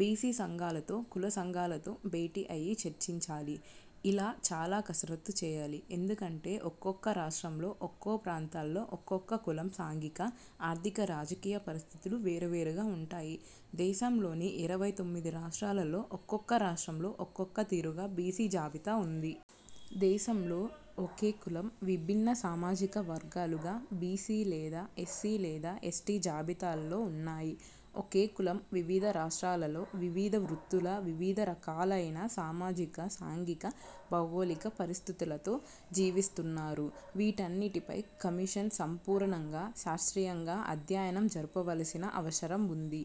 BC సంఘాలతో, కుల సంఘాలతో భేటీ అయ్యి చర్చించాలి. ఇలా చాలా కసరత్తు చేయాలి. ఎందుకంటే ఒక్కొక్క రాష్ట్రంలో ఒక్కో ప్రాంతాల్లో ఒక్కొక్క కులం సాంఘిక, ఆర్థిక, రాజకీయ పరిస్థితులు వేరు వేరుగా ఉంటాయి. దేశంలోని ఇరవై తొమ్మిది రాష్ట్రాలలో ఒక్కొక్క రాష్ట్రంలో ఒక్కొక తీరుగా బీసీ జాబితా ఉంది. దేశంలో ఒకే కులం విభిన్న సామాజిక వర్గాలుగా బీసీ లేదా ఎస్సీ లేదా ఎస్టీ జాబితాలో ఉన్నాయి. ఒకే కులం వివిధ రాష్ట్రాలల్లో వివిధ వృత్తులు, వివిధ రకాలైన సామాజిక, సాంఘిక, భౌగోళిక పరిస్థితులతో జీవిస్తున్నారు. వీటన్నిటిపై కమిషన్ సంపూర్ణంగా, శాస్త్రీయంగా అధ్యయనం జరుపవలసిన అవసరం ఉంది.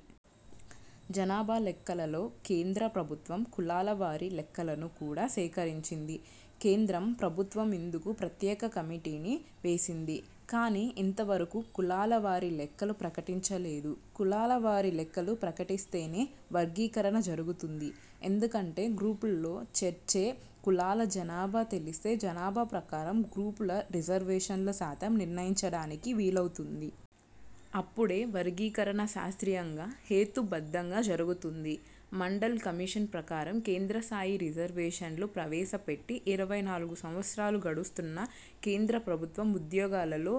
జనాభా లెక్కలలో కేంద్ర ప్రభుత్వం కులాల వారి లెక్కలను కూడా సేకరించింది. కేంద్ర ప్రభుత్వం ఇందుకు ప్రత్యేక కమిటీని వేసింది. కానీ ఇంతవరకు కులాల వారీ లెక్కలు ప్రకటించలేదు. కులాల వారీ లెక్కలు ప్రకటిస్తేనే వర్గీకరణ జరుగుతుంది. ఎందుకంటే, గ్రూపుల్లో చెర్చే కులాల జనాభా తెలిస్తే జనాభా ప్రకారం గ్రూపుల రిజర్వేషన్ల శాతం నిర్ణయించడానికి వీలవుతుంది. అప్పుడే వర్గీకరణ శాస్త్రీయంగా, హేతు బద్ధంగా జరుగుతుంది. మండల్ కమిషన్ ప్రకారం కేంద్రస్థాయి రిజర్వేషన్లు ప్రవేశపెట్టి ఇరవై నాలుగు సంవత్సరాలు గడుస్తున్నా కేంద్ర ప్రభుత్వం ఉద్యోగాలలో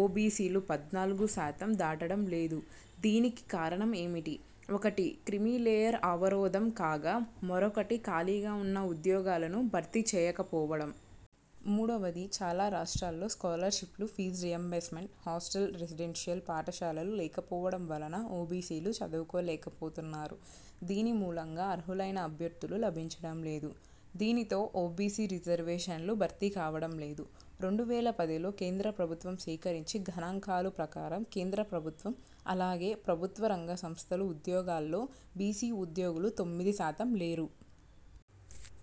ఓబీసీలు పద్నాలుగు శాతం దాటడం లేదు. దీనికి కారణం ఏమిటి? ఒకటి క్రిమీలేయర్ అవరోధం కాగా మరొకటి ఖాళీగా ఉన్న ఉద్యోగాలను భర్తీ చేయకపోవడం. మూడవది చాలా రాష్ట్రాల్లో స్కాలర్షిప్లు, ఫీజు రీయింబర్స్మెంట్, హాస్టళ్ళు, రెసిడెన్షియల్ పాఠశాలలు లేకపోవడం వలన ఓబీసీలు చదువుకోలేకపోతున్నారు. దీని మూలంగా అర్హులైన అభ్యర్థులు లభించడం లేదు. దీనితో ఓబీసీ రిజర్వేషన్లు భర్తీ కావడం లేదు. రెండు వేల పదిలో కేంద్ర ప్రభుత్వం సేకరించి గణాంకాల ప్రకారం కేంద్ర ప్రభుత్వం, అలాగే ప్రభుత్వ రంగ సంస్థల ఉద్యోగాల్లో బీసీ ఉద్యోగులు తొమ్మిది శాతం లేరు.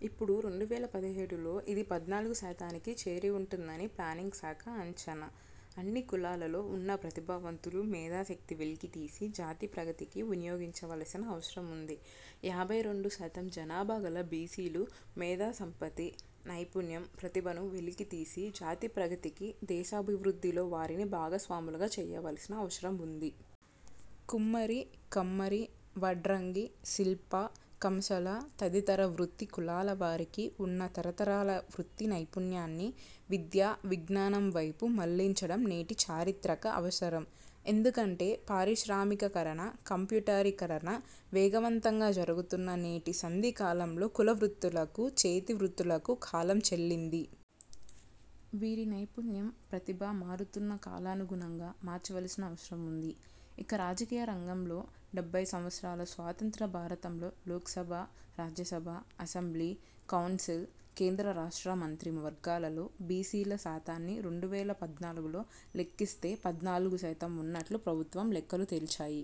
ఇప్పుడు రెండు వేల పదిహేడులో ఇది పద్నాలుగు శాతానికి చేరి ఉంటుందని ప్లానింగ్ శాఖ అంచనా! అన్ని కులాలలో ఉన్న ప్రతిభావంతులు మేధా శక్తి వెలికి తీసి జాతి ప్రగతికి వినియోగించవలసిన అవసరం ఉంది. యాభై రెండు శాతం జనాభా గల బీసీలు మేధాసంపత్తి, నైపుణ్యం, ప్రతిభను వెలికితీసి జాతిప్రగతికి, దేశాభివృద్ధిలో వారిని భాగస్వాములుగా చేయవలసిన అవసరం ఉంది. కుమ్మరి, కమ్మరి, వడ్రంగి, శిల్ప, కంసల తదితర వృత్తి కులాలవారికి ఉన్న తరతరాల వృత్తి నైపుణ్యాన్ని విద్య, విజ్ఞానం వైపు మళ్లించడం నేటి చారిత్రక అవసరం. ఎందుకంటే పారిశ్రామికీకరణ, కంప్యూటరీకరణ వేగవంతంగా జరుగుతున్న నేటి సంధి కాలంలో కుల వృత్తులకు, చేతి వృత్తులకు కాలం చెల్లింది. వీరి నైపుణ్యం, ప్రతిభ మారుతున్న కాలానుగుణంగా మార్చవల్సిన అవసరం ఉంది. ఇక రాజకీయ రంగంలో డెబ్బై సంవత్సరాల స్వాతంత్ర భారతంలో లోక్సభ, రాజ్యసభ, అసెంబ్లీ, కౌన్సిల్, కేంద్ర రాష్ట్ర మంత్రి వర్గాలలో బీసీల శాతాన్ని రెండు వేల పద్నాలుగులో లెక్కిస్తే పద్నాలుగుశాతం ఉన్నట్లు ప్రభుత్వం లెక్కలు తేల్చాయి.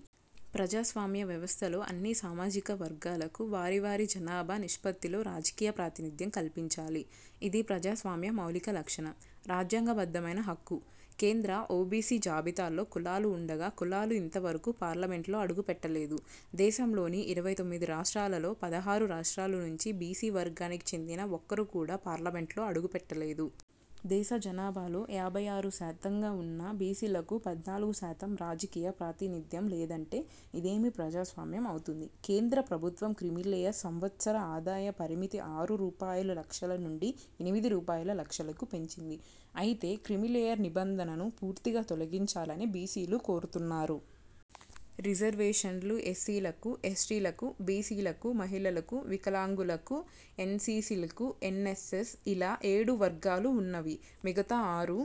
ప్రజాస్వామ్య వ్యవస్థలో అన్ని సామాజిక వర్గాలకు వారి వారి జనాభా నిష్పత్తిలో రాజకీయ ప్రాతినిధ్యం కల్పించాలి. ఇది ప్రజాస్వామ్య మౌలిక లక్షణం, రాజ్యాంగబద్ధమైన హక్కు. కేంద్ర ఓబీసీ జాబితాలో కులాలు ఉండగా కులాలు ఇంతవరకు పార్లమెంటులో అడుగు పెట్టలేదు. దేశంలోని ఇరవై తొమ్మిది రాష్ట్రాలలో పదహారు రాష్ట్రాల నుంచి బీసీ వర్గానికి చెందిన ఒక్కరు కూడా పార్లమెంటులో అడుగు పెట్టలేదు. దేశ జనాభాలో యాభై ఆరు శాతంగా వున్న బీసీలకు పద్నాలుగు శాతం రాజకీయ ప్రాతినిధ్యం లేదంటే ఇదేమి ప్రజాస్వామ్యం అవుతుంది? కేంద్ర ప్రభుత్వం క్రిమీలేయర్ సంవత్సర ఆదాయ పరిమితి ఆరు రూపాయలులక్షల నుండి ఎనిమిది రూపాయల లక్షలకు పెంచింది. అయితే క్రిమీలేయర్ నిబంధనను పూర్తిగా తొలగించాలని బీసీలు కోరుతున్నారు. రిజర్వేషన్లు ఎస్సీలకు, ఎస్టీలకు ,బీసీలకు ,మహిళలకు, వికలాంగులులకు, ఎన్సీసీలకు ,ఎన్యస్యస్ ఇలా ఏడు వర్గాలు ఉన్నవి. మిగతా ఆరు